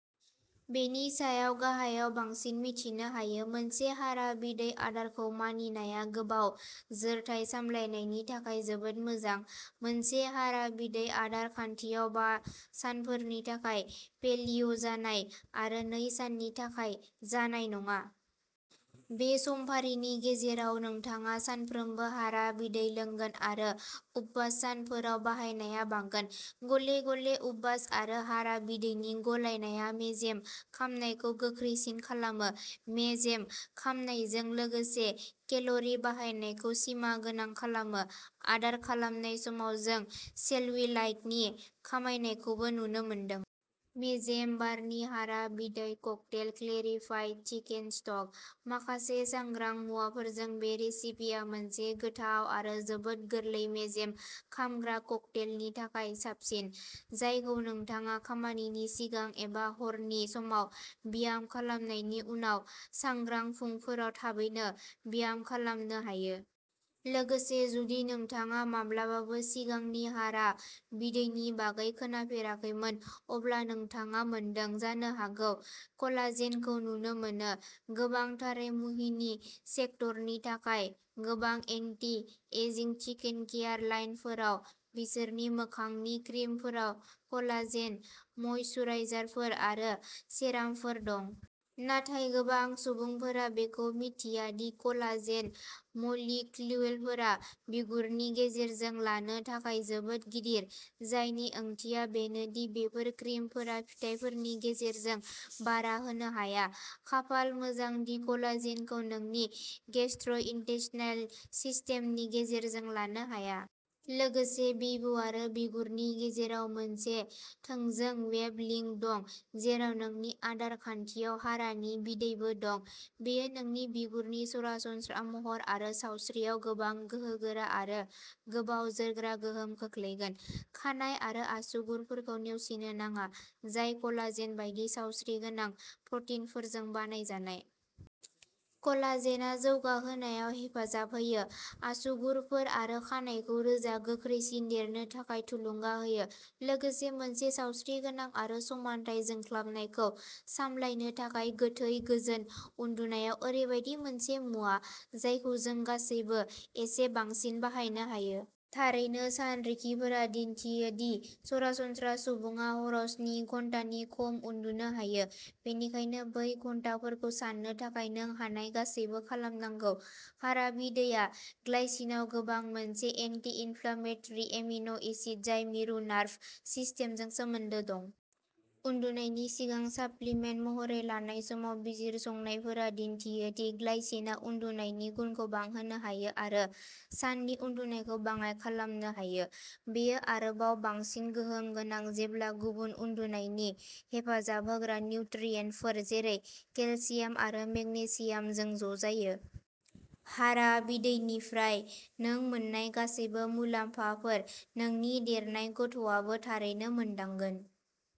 बेनि सायाव गाहायाव बांसिन मिथिनो हायो। मोनसे हारा बिदै आदारखौ मानिनाया गोबाव जोरथाय सामलायनायनि थाखाय जोबोद मोजां। मोनसे हारा बिदै आदार खान्थियाव बा सानफोरनि थाखाय पेलिय' जानाय आरो नै साननि थाखाय जानाय नङा। बे समफारिनि गेजेराव नोंथाङा सानफ्रोमबो हारा बिदै लोंगोन आरो उपबास सानफोराव बाहायनाया बांगोन। गले गले उपबास आरो हारा बिदैनि गलायनाया मेजेम खामनायखौ गोख्रैसिन खालामो, मेजेम खामनायजों लोगोसे केल'रि बाहायनायखौ सिमा गोनां खालामो। आदार खालामनाय समाव, जों सेल्युलाइटनि खमायनायखौबो नुनो मोनदों। मेजेम बार्निं हारा बिदै ककटेल क्लेरिफाइ चिकेन स्टक। माखासे सांग्रां मुवाफोरजों, बे रेसिपिया मोनसे गोथाव आरो जोबोद गोरलै मेजेम खामग्रा ककटेलनि थाखाय साबसिन, जायखौ नोंथाङा खामानिनि सिगां एबा हरनि समाव ब्याम खालामनायनि उनाव सांग्रां फुंफोराव थाबैनो ब्याम खालामनो हायो। लोगोसे जुदि नोंथाङा माब्लाबाबो सिगांनि हारा बिदैनि बागै खोनाफेराखैमोन, अब्ला नोंथाङा मोनदों। जानो हागौ कलाजेनखौ नुनो मोनो, गोबांथारै मुहिनि सेक्टरनि थाखाय। गोबां एन्टि एजिंग स्किन केयार लाइनफोराव बिसोरनि मोखांनि क्रिमफोराव कलाजेन, मइसुराइजारफोर, आरो सेरामफोर दं। नाथाय गोबां सुबुंफोरा बेखौ मिन्थिया दि कलाजेन मलिक्युलफोरा बिगुरनि गेजेरजों लानो थाखाय जोबोद गिदिर, जायनि ओंथिया बेनो दि बेफोर क्रिमफोरा फिथायफोरनि गेजेरजों बारा होनो हाया। खाफाल मोजां दि कलाजेनखौ नोंनि गेस्ट्र'इन्टेस्टाइनल सिस्टेमनि गेजेरजों लानो हाया। लोगोसे बिबु आरो बिगुरनि गेजेराव मोनसे थोंजों वेब लिंक दं, जेराव नोंनि आदार खान्थियाव हारानि बिदैबो दं, बेयो नोंनि बिगुरनि सरासनस्रा महर आरो सावस्रियाव गोबां गोहोगोरा आरो गोबाव जोरग्रा गोहोम खोख्लैगोन। खानाइ आरो आसुगुरफोरखौ नेवसिनो नाङा, जाय कलाजेन बायदि सावस्रिगोनां प्रटिनफोरजों बानायजानाय। कलाजेनआ जौगाहोनायाव हेफाजाब होयो। आसुगुरफोर, आरो खानायखौ रोजा, गोख्रैसिन देरनो थाखाय थुलुंगा होयो, लोगोसे मोनसे सावस्रिगोनां आरो समानथाय जोंख्लाबनायखौ सामलायनो थाखाय।। गोथै, गोजोन उन्दुनाया ओरैबायदि मोनसे मुवा जायखौ जों गासैबो एसे बांसिन बाहायनो हायो। थारै, सानरिखिफोरा दिन्थियो दि सरासनस्रा सुबुङा हराव स्नि घन्टानि खम उन्दुनो हायो, बेनिखायनो बै घन्टाफोरखौ साननो थाखाय नों हानाय गासैबो खालामनांगौ। हारा बिदैया ग्लाइसिनआव गोबां, मोनसे एन्टि-इनफ्लेमेटरि एमिनो एसिड जाय मिरु नार्भ सिस्टेम जों सोमोन्दो दं। उन्दुनायनि सिगां साप्लिमेन्ट महरै लानाय समाव, बिजिरसंनायफोरा दिन्थियो दि ग्लाइसिनआ उन्दुनायनि गुनखौ बांहोनो हायो आरो साननि उनदुनायखौ बाङाइ खालामनो हायो। बेयो आरोबाव बांसिन गोहोम गोनां जेब्ला गुबुन उन्दुनायनि हेफाजाब होग्रा निउट्रियेन्टफोर, जेरै केलसियाम आरो मेगनेसियामजों ज'जायो। हारा बिदैनिफ्राय नों मोन्नाय गासैबो मुलाम्फाफोर, नोंनि देरनाय गथ'आबो थारैनो मोनदांगोन।